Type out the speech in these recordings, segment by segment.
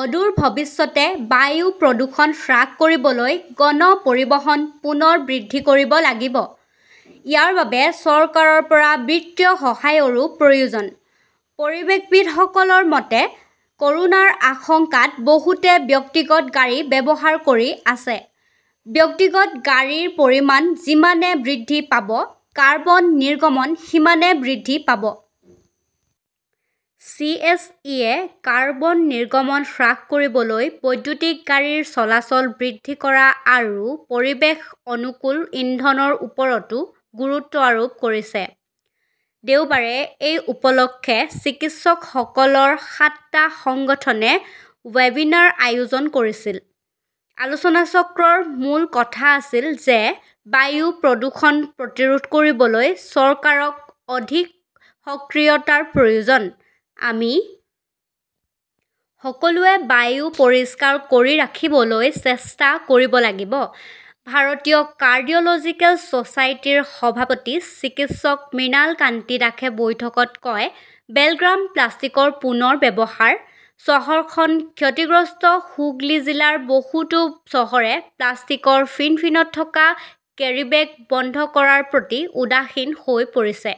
অদূৰ ভৱিষ্যতে বায়ু প্ৰদূষণ হ্ৰাস কৰিবলৈ গণ পৰিবহণ পুনৰ বৃদ্ধি কৰিব লাগিব। ইয়াৰ বাবে চৰকাৰৰ পৰা বিত্তীয় সহায়ৰো প্ৰয়োজন। পৰিৱেশবিদসকলৰ মতে, কৰোনাৰ আশংকাত বহুতে ব্যক্তিগত গাড়ী ব্যৱহাৰ কৰি আছে। ব্যক্তিগত গাড়ীৰ পৰিমাণ যিমানে বৃদ্ধি পাব, কাৰ্বন নিৰ্গমন সিমানে বৃদ্ধি পাব। চি. এছ. ই. -য়ে কাৰ্বন নিৰ্গমন হ্ৰাস কৰিবলৈ বৈদ্যুতিক গাড়ীৰ চলাচল বৃদ্ধি কৰা আৰু পৰিৱেশ অনুকূল ইন্ধনৰ ওপৰতো গুৰুত্ব আৰোপ কৰিছে। দেওবাৰে এই উপলক্ষে চিকিৎসকসকলৰ সাতটা সংগঠনে ৱেবিনাৰ আয়োজন কৰিছিল। আলোচনাচক্ৰৰ মূল কথা আছিল যে বায়ু প্ৰদূষণ প্ৰতিৰোধ কৰিবলৈ চৰকাৰক অধিক সক্ৰিয়তাৰ প্ৰয়োজন। আমি সকলোৱে বায়ু পৰিষ্কাৰ কৰি ৰাখিবলৈ চেষ্টা কৰিব লাগিব, ভাৰতীয় কাৰ্ডিয় লজিকেল ছচাইটিৰ সভাপতি চিকিৎসক মৃণালকান্তি দাসে বৈঠকত কয়, বেলগাম প্লাষ্টিকৰ পুনৰ ব্যৱহাৰ, চহৰখন ক্ষতিগ্ৰস্ত হুগলী জিলাৰ বহুতো চহৰে প্লাষ্টিকৰ ফিনফিনত থকা কেৰীবেগ বন্ধ কৰাৰ প্ৰতি উদাসীন হৈ পৰিছে।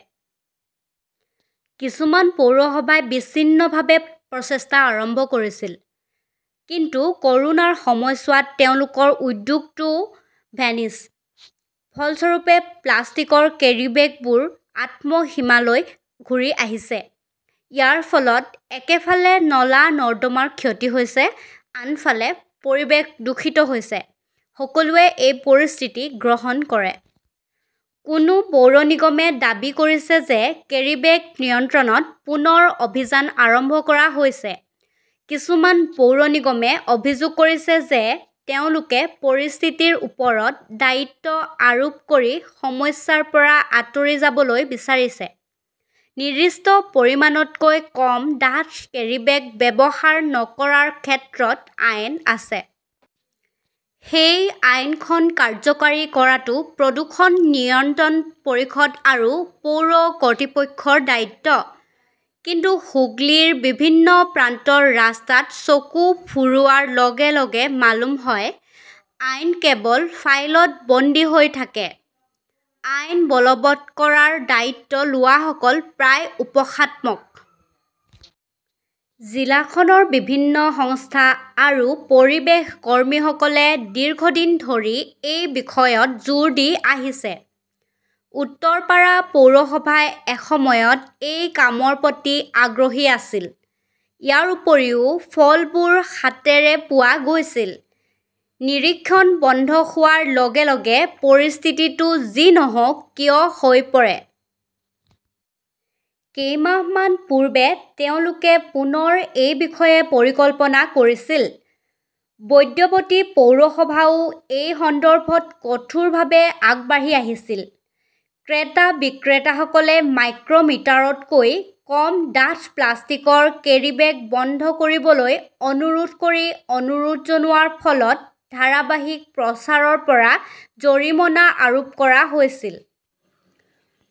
কিছুমান পৌৰসভাই বিচ্ছিন্নভাৱে প্ৰচেষ্টা আৰম্ভ কৰিছিল। কিন্তু কৰোনাৰ সময়ছোৱাত তেওঁলোকৰ উদ্যোগটোও 'ভেনিছ। ফলস্বৰূপে, প্লাষ্টিকৰ কেৰীবেগবোৰ আত্মহিমালৈ ঘূৰি আহিছে। ইয়াৰ ফলত একেফালে নলা-নৰ্দমাৰ ক্ষতি হৈছে, আনহাতে পৰিৱেশ দূষিত হৈছে। সকলোৱে এই পৰিস্থিতি গ্ৰহণ কৰে। কোনো পৌৰ নিগমে দাবী কৰিছে যে কেৰীবেগ নিয়ন্ত্ৰণত পুনৰ অভিযান আৰম্ভ কৰা হৈছে। কিছুমান পৌৰ নিগমে অভিযোগ কৰিছে যে তেওঁলোকে পৰিস্থিতিৰ ওপৰত দায়িত্ব আৰোপ কৰি সমস্যাৰ পৰা আঁতৰি যাবলৈ বিচাৰিছে। নিৰ্দিষ্ট পৰিমাণতকৈ কম ডাঠ কেৰীবেগ ব্যৱহাৰ নকৰাৰ ক্ষেত্ৰত আইন আছে। সেই আইনখন কাৰ্যকৰী কৰাটো প্ৰদূষণ নিয়ন্ত্ৰণ পৰিষদ আৰু পৌৰ কৰ্তৃপক্ষৰ দায়িত্ব। কিন্তু হুগলীৰ বিভিন্ন প্ৰান্তৰ ৰাস্তাত চকু ফুৰোৱাৰ লগে-লগে মালুম হয়, আইন কেৱল ফাইলত বন্দী হৈ থাকে। আইন বলৱৎ কৰাৰ দায়িত্ব লোৱাসকল প্ৰায় উপহাসাত্মক। জিলাখনৰ বিভিন্ন সংস্থা আৰু পৰিৱেশ কৰ্মীসকলে দীৰ্ঘদিন ধৰি এই বিষয়ত জোৰ দি আহিছে। উত্তৰপাৰা পৌৰসভাই এসময়ত এই কামৰ প্ৰতি আগ্ৰহী আছিল। ইয়াৰ উপৰিও ফলবোৰ হাতেৰে পোৱা গৈছিল। নিৰীক্ষণ বন্ধ হোৱাৰ লগে -লগে পৰিস্থিতিটো যি নহওক কিয় হৈ পৰে। কেইমাহমান পূৰ্বে তেওঁলোকে পুনৰ এই বিষয়ে পৰিকল্পনা কৰিছিল। বৈদ্যবতী পৌৰসভাও এই সন্দৰ্ভত কঠোৰভাৱে আগবাঢ়ি আহিছিল। ক্ৰেতা-বিক্ৰেতাসকলে মাইক্ৰ মিটাৰতকৈ কম ডাঠ প্লাষ্টিকৰ কেৰীবেগ বন্ধ কৰিবলৈ অনুৰোধ কৰি অনুৰোধ জনোৱাৰ ফলত ধাৰাবাহিক প্ৰচাৰৰ পৰা জৰিমনা আৰোপ কৰা হৈছিল।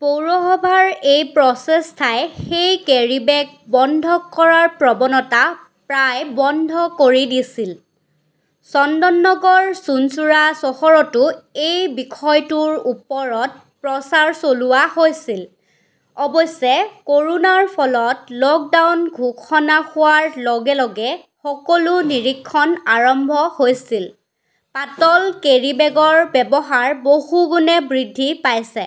পৌৰসভাৰ এই প্ৰচেষ্টাই সেই কেৰীবেগ বন্ধ কৰাৰ প্ৰৱণতা প্ৰায় বন্ধ কৰি দিছিল। চন্দননগৰ, চুঞ্চুৰা চহৰতো এই বিষয়টোৰ ওপৰত প্ৰচাৰ চলোৱা হৈছিল। অৱশ্যে, কৰোনাৰ ফলত লকডাউন ঘোষণা হোৱাৰ লগে-লগে সকলো নিৰীক্ষণ আৰম্ভ হৈছিল। পাতল কেৰীবেগৰ ব্যৱহাৰ বহুগুণে বৃদ্ধি পাইছে।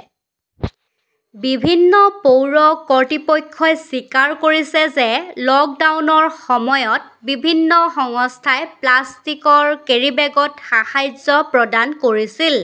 বিভিন্ন পৌৰ কৰ্তৃপক্ষই স্বীকাৰ কৰিছে যে লকডাউনৰ সময়ত বিভিন্ন সংস্থাই প্লাষ্টিকৰ কেৰীবেগত সাহায্য প্ৰদান কৰিছিল।